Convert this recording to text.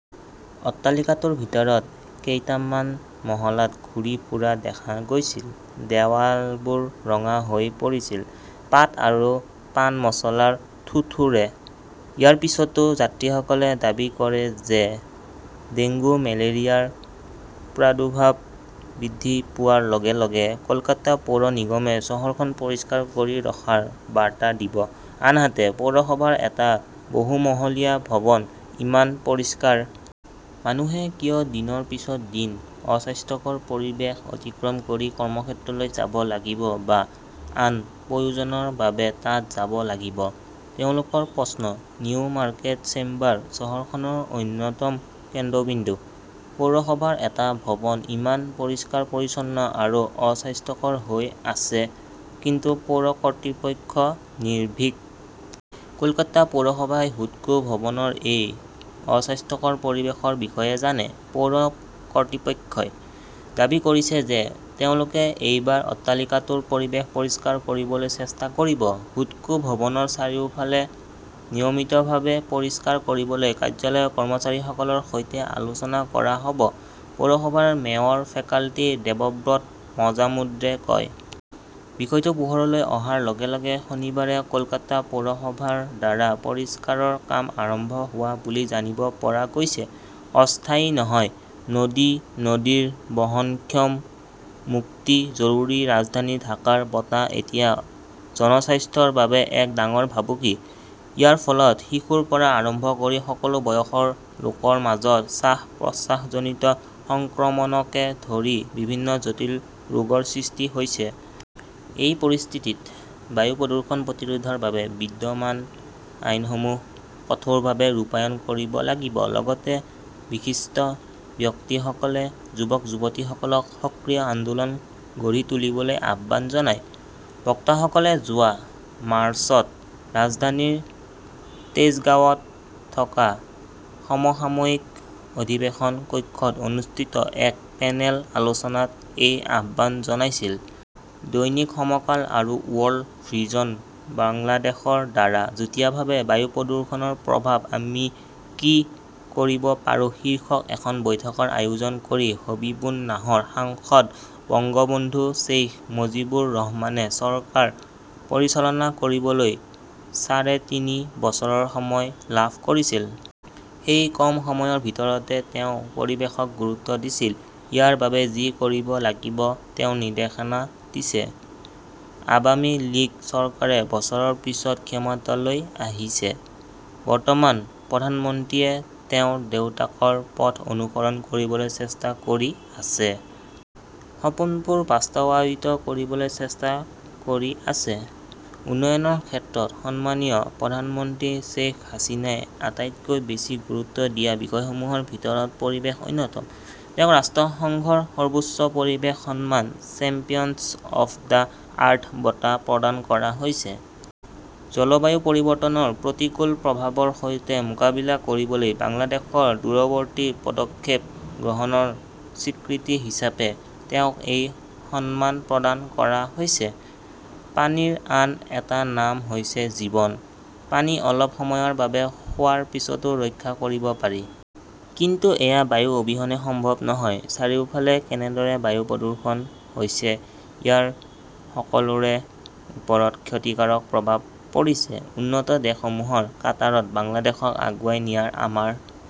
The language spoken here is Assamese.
অট্টালিকাটোৰ ভিতৰত কেইটামান মহলাত ঘূৰি ফুৰা দেখা গৈছিল, দেৱালবোৰ ৰঙা হৈ পৰিছিল, পাত আৰু পান মছলাৰ থুথুৰে। ইয়াৰ পিছতো যাত্ৰীসকলে দাবী কৰে যে ডেংগু-মেলেৰিয়াৰ প্ৰাদুৰ্ভাৱ বৃদ্ধি পোৱাৰ লগে লগে কলকাতা পৌৰ নিগমে চহৰখন পৰিষ্কাৰ কৰি ৰখাৰ বাৰ্তা দিব, আনহাতে পৌৰসভাৰ এটা বহুমহলীয়া ভৱন ইমান পৰিষ্কাৰ। মানুহে কিয় দিনৰ পিছত দিন অস্বাস্থ্যকৰ পৰিৱেশ অতিক্ৰম কৰি কৰ্মক্ষেত্ৰলৈ যাব লাগিব বা আন প্ৰয়োজনৰ বাবে তাত যাব লাগিব, তেওঁলোকৰ প্ৰশ্ন। নিউ মাৰ্কেট চেম্বাৰ চহৰখনৰ অন্যতম কেন্দ্ৰবিন্দু। পৌৰসভাৰ এটা ভৱন ইমান পৰিষ্কাৰ-পৰিচ্ছন্ন আৰু অস্বাস্থ্যকৰ হৈ আছে, কিন্তু পৌৰ কৰ্তৃপক্ষ নিৰ্ভীক? কলকাতা পৌৰসভাই হুডকো ভৱনৰ এই অস্বাস্থ্যকৰ পৰিৱেশৰ বিষয়ে জানে। পৌৰ কৰ্তৃপক্ষই দাবী কৰিছে যে তেওঁলোকে এইবাৰ অট্টালিকাটোৰ পৰিৱেশ পৰিষ্কাৰ কৰিবলৈ চেষ্টা কৰিব। "হুডকো ভৱনৰ চাৰিওফাল নিয়মিতভাৱে পৰিষ্কাৰ কৰিবলৈ কাৰ্যালয়ৰ কৰ্মচাৰীসকলৰ সৈতে আলোচনা কৰা হ’ব, পৌৰসভাৰ মেয়ৰ ফেকাল্টি দেৱব্ৰত মজামুদ্ৰে কয়। বিষয়টো পোহৰলৈ অহাৰ লগে লগে শনিবাৰে কলকাতা পৌৰসভাৰ দ্বাৰা পৰিষ্কাৰৰ কাম আৰম্ভ হোৱা বুলি জানিব পৰা গৈছে। অস্থায়ী নহয়, নদী-নদীৰ বহনক্ষম মুক্তি জৰুৰী ৰাজধানী ঢাকাৰ বতাহ এতিয়া জনস্বাস্থ্যৰ বাবে এক ডাঙৰ ভাবুকি। ইয়াৰ ফলত শিশুৰ পৰা আৰম্ভ কৰি সকলো বয়সৰ লোকৰ মাজত শ্বাস-প্ৰশ্বাসজনিত সংক্ৰমণকে ধৰি বিভিন্ন জটিল ৰোগৰ সৃষ্টি হৈছে। এই পৰিস্থিতিত বায়ু প্ৰদূষণ প্ৰতিৰোধৰ বাবে বিদ্যমান আইনসমূহ কঠোৰভাৱে ৰূপায়ণ কৰিব লাগিব। লগতে বিশিষ্ট ব্যক্তিসকলে যুৱক-যুৱতীসকলক সক্ৰিয় আন্দোলন গঢ়ি তুলিবলৈ আহ্বান জনায়। বক্তাসকলে যোৱা মাৰ্চত ৰাজধানীৰ তেজগাঁৱত থকা সমসাময়িক অধিৱেশন কক্ষত অনুষ্ঠিত এক পেনেল আলোচনাত এই আহ্বান জনাইছিল। দৈনিক সমকাল আৰু ৱৰ্ল্ড ভিজন বাংলাদেশৰ দ্বাৰা যুটীয়াভাৱে 'বায়ু প্ৰদূষণৰ প্ৰভাৱঃ আমি কি কৰিব পাৰোঁ "শীৰ্ষক এখন বৈঠকৰ আয়োজন কৰি হবীবুন নাহৰ, সাংসদ বঙ্গবন্ধু শ্বেইখ মুজিবুৰ ৰহমানে চৰকাৰ পৰিচালনা কৰিবলৈ সাঢ়ে তিনি বছৰৰ সময় লাভ কৰিছিল। সেই কম সময়ৰ ভিতৰতে তেওঁ পৰিৱেশক গুৰুত্ব দিছিল। ইয়াৰ বাবে যি কৰিব লাগিব, তেওঁ নিৰ্দেশনা দিছে। আৱামী লীগ চৰকাৰে বছৰৰ পিছত ক্ষমতালৈ আহিছে। বৰ্তমানৰ প্ৰধানমন্ত্ৰীয়ে তেওঁৰ দেউতাকৰ পথ অনুসৰণ কৰিবলৈ চেষ্টা কৰি আছে। সপোনবোৰ বাস্তৱায়িত কৰিবলৈ চেষ্টা কৰি আছে। উন্নয়নৰ ক্ষেত্ৰত সন্মানীয় প্ৰধানমন্ত্ৰী শ্বেইখ হাছিনাই আটাইতকৈ বেছি গুৰুত্ব দিয়া বিষয়সমূহৰ ভিতৰত পৰিৱেশ অন্যতম। তেওঁক ৰাষ্ট্ৰসংঘৰ সৰ্বোচ্চ পৰিৱেশ সন্মান চেম্পিয়ন্ছ অৱ দ্য আৰ্থ বঁটা প্ৰদান কৰা হৈছে। জলবায়ু পৰিৱৰ্তনৰ প্ৰতিকূল প্ৰভাৱৰ সৈতে মোকাবিলা কৰিবলৈ বাংলাদেশৰ দূৰৱৰ্তী পদক্ষেপ গ্ৰহণৰ স্বীকৃতি হিচাপে তেওঁক এই সন্মান প্ৰদান কৰা হৈছে। পানীৰ আন এটা নাম হৈছে জীৱন। পানী অলপ সময়ৰ বাবে খোৱাৰ পিছতো ৰক্ষা কৰিব পাৰি। কিন্তু এয়া বায়ু অবিহনে সম্ভৱ নহয়। চাৰিওফালে কেনেদৰে বায়ু প্ৰদূষণ হৈছে; ইয়াৰ সকলোৰে ওপৰত ক্ষতিকাৰক প্ৰভাৱ পৰিছে। উন্নত দেশসমূহৰ কাটাৰত বাংলাদেশক আগুৱাই নিয়াৰ আমাৰ